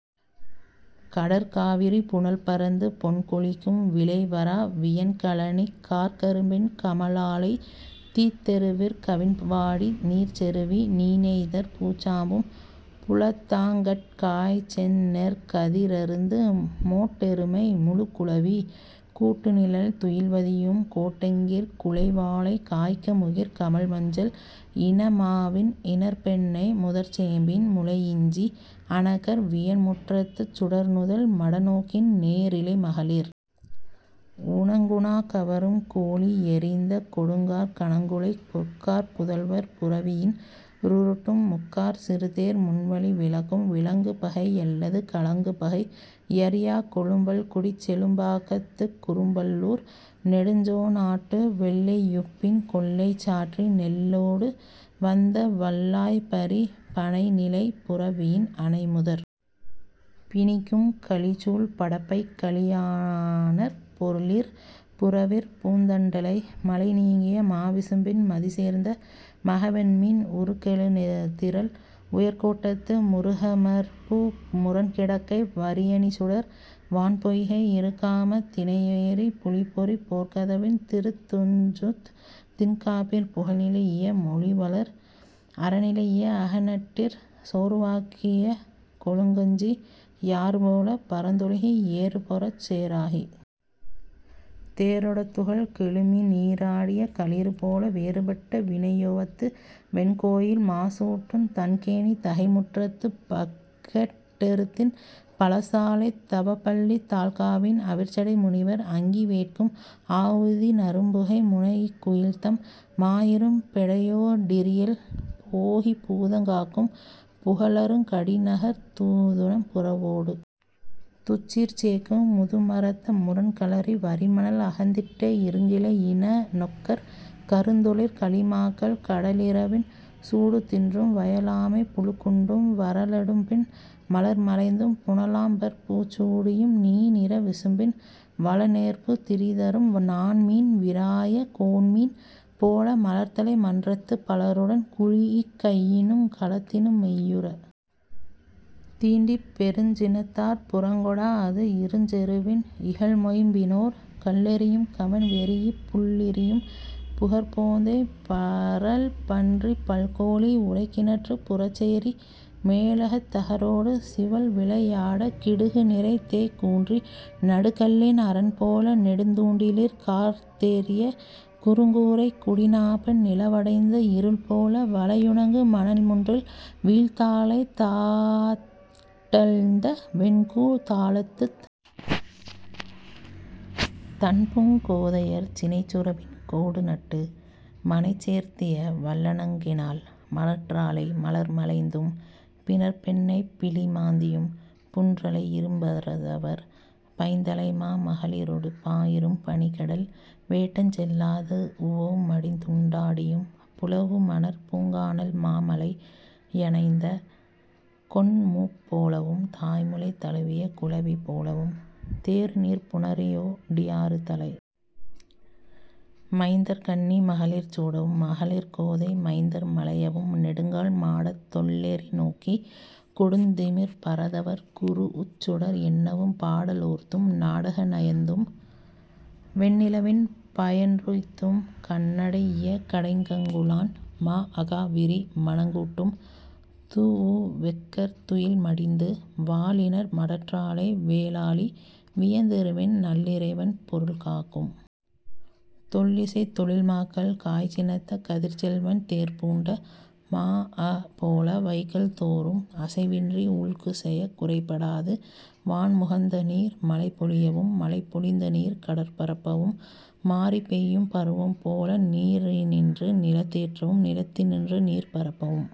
கடற்காவிரி புனல்பரந்து பொன்கொழிக்கும் விளைவறா வியன்கழனிக் கார்க்கரும்பின் கமழாலைத் தீத்தெறுவிற் கவின்வாடி நீர்ச்செறுவி னீணெய்தற் பூச்சாம்பும் புலத்தாங்கட் காய்ச்செந்நெற் கதிரருந்து மோட்டெருமை முழுக்குழவி கூட்டுநிழல் துயில்வதியும் கோட்டெங்கிற் குலைவாழைக் காய்க்கமுகிற் கமழ்மஞ்சள் இனமாவின் இணர்ப்பெண்ணை முதற்சேம்பின் முளையிஞ்சி another வியன்முற்றத்துச் சுடர்நுதல் மடநோக்கின் நேரிழை மகளிர் உணங்குணாக் கவரும் கோழி யெறிந்த கொடுங்காற் கனங்குழை பொற்காற் புதல்வர் புரவியின் றுருட்டும் முக்காற் சிறுதேர் முன்வழி விலக்கும் விலங்குபகை யல்லது கலங்குபகை யறியாக் கொழும்பல்குடிச் செழும்பாக்கத்துக் குறும்பல்லூர் நெடுஞ்சோணாட்டு வெள்ளை யுப்பின் கொள்ளை சாற்றி நெல்லொடு வந்த வல்லாய்ப் ப·றி பணைநிலைப் புரவியின் அணைமுதற் பிணிக்கும் கழிசூழ் படப்பைக் கலியாணர்ப் பொழிற் புறவிற் பூந்தண்டலை மழைநீங்கிய மாவிசும்பின் மதிசேர்ந்த மகவெண்மீன் உருகெழுதிறல் உயர்கோட்டத்து முருகமர்பூ முரண்கிடக்கை வரியணிசுடர் வான்பொய்கை இருகாமத் திணையேரிப் புலிப்பொறிப் போர்க்கதவின் திருத்துஞ்சுந் திண்காப்பிற் புகழ்நிலைஇய மொழிவளர அறநிலைஇய அகனட்டிற் சோறுவாக்கிய கொழுங்கஞ்சி யாறுபோலப் பரந்தொழுகி ஏறுபொரச் சேறாகித் தேரொடத் துகள் கெழுமி நீறாடிய களிறுபோல வேறுபட்ட வினையோவத்து வெண்கோயில் மாசூட்டுந் தண்கேணித் தகைமுற்றத்துப் பகட்டெருத்தின் பலசாலைத் தவப்பள்ளித் தாழ்காவின் அவிர்சடை முனிவர் அங்கி வேட்கும் ஆவுதி நறும்புகை முனைஇக் குயில்தம் மாயிரும் பெடையோ டிரியல் போகிப் பூதங் காக்கும் புகலருங் கடிநகர்த் தூதுணம் புறவொடு துச்சிற் சேக்கும் முதுமரத்த முரண்களரி வரிமணல் அகந்திட்டை இருங்கிளை யினனொக்கற் கருந்தொழிற் கலிமாக்கள் கடலிறவின் சூடுதின்றும் வயலாமைப் புழுக்குண்டும் வறளடும்பின் மலர்மலைந்தும் புனலாம்பற் பூச்சூடியும் நீனிற விசும்பின் வலனேர்பு திரிதரும் நாண்மீன் விராய கோண்மீன் போல மலர்தலை மன்றத்துப் பலருடன் குழீஇக் கையினுங் கலத்தினு மெய்யுறத் தீண்டிப் பெருங்சினத்தாற் புறக்கொடாஅது இருஞ்செருவின் இகல்மொய்ம்பினோர் கல்லெறியும் கவண்வெரீஇப் புள்ளிரியும் புகர்ப்போந்தைப் பறழ்ப்பன்றிப் பல்கோழி உறைக்கிணற்றுப் புறச்சேரி மேழகத் தகரொடு சிவல்விளை யாடக் கிடுகுநிரைத் தெ·கூன்றி நடுகல்லின் அரண்போல நெடுந்தூண்டிலிற் காழ்சேர்த்திய குறுங்கூரைக் குடிநாப்பண் நிலவடைந்த இருள்போல வலையுணங்கு மணல்முன்றில் வீழ்த்தாழைத் தாட்டழ்ந்த வெண்கூ தாளத்துத் தண்பூங் கோதையர் சினைச்சுறவின் கோடுநட்டு மனைச்சேர்த்திய வல்லணங்கினால் மடற்றாழை மலர்மலைந்தும் பிணர்ப்பெண்ணைப் பிழிமாந்தியும் புன்றலை இரும்பரதவர் பைந்தழைமா மகளிரொடு பாயிரும் பனிக்கடல் வேட்டஞ் செல்லாது உவவுமடிந் துண்டாடியும் புலவுமணற் பூங்கானல் மாமலை யணைந்த கொண்மூப் போலவும் தாய்முலை தழுவிய குழவி போலவும் தேறுநீர்ப் புணரியோ டியாறுதலை மைந்தர்கண்ணி மகளிர் சூடவும் மகளிர்கோதை மைந்தர் மலையவும் நெடுங்கால் மாடத் தொள்ளெரி நோக்கிக் கொடுந்திமிற் பரதவர் குரூஉச்சுடர் எண்ணவும் பாட லோர்த்தும் நாடக நயந்தும் வெண்ணிலவின் பயன்றுய்த்தும் கண்ணடைஇய கடைக்கங்குலான் மாஅகாவிரி மணங்கூட்டும் தூஉவெக்கர்த் துயில் மடிந்து வாலிணர் மடற்றாழை வேலாழி வியந்தெருவின் நல்லிறைவன் பொருள்காக்கும் தொல்லிசைத் தொழில்மாக்கள் காய்சினத்த கதிர்ச்செல்வன் தேர்பூண்ட மாஅபோல வைகல்தொறும் அசைவின்றி உல்குசெயக் குறைபடாது வான்முகந்தநீர் மலைப்பொழியவும் மலைப்பொழிந்தநீர் கடற்பரப்பவும் மாரிபெய்யும் பருவம்போல நீரினின்று நிலத்தேற்றவும் நிலத்தின்று நீர்ப்பரப்பவும்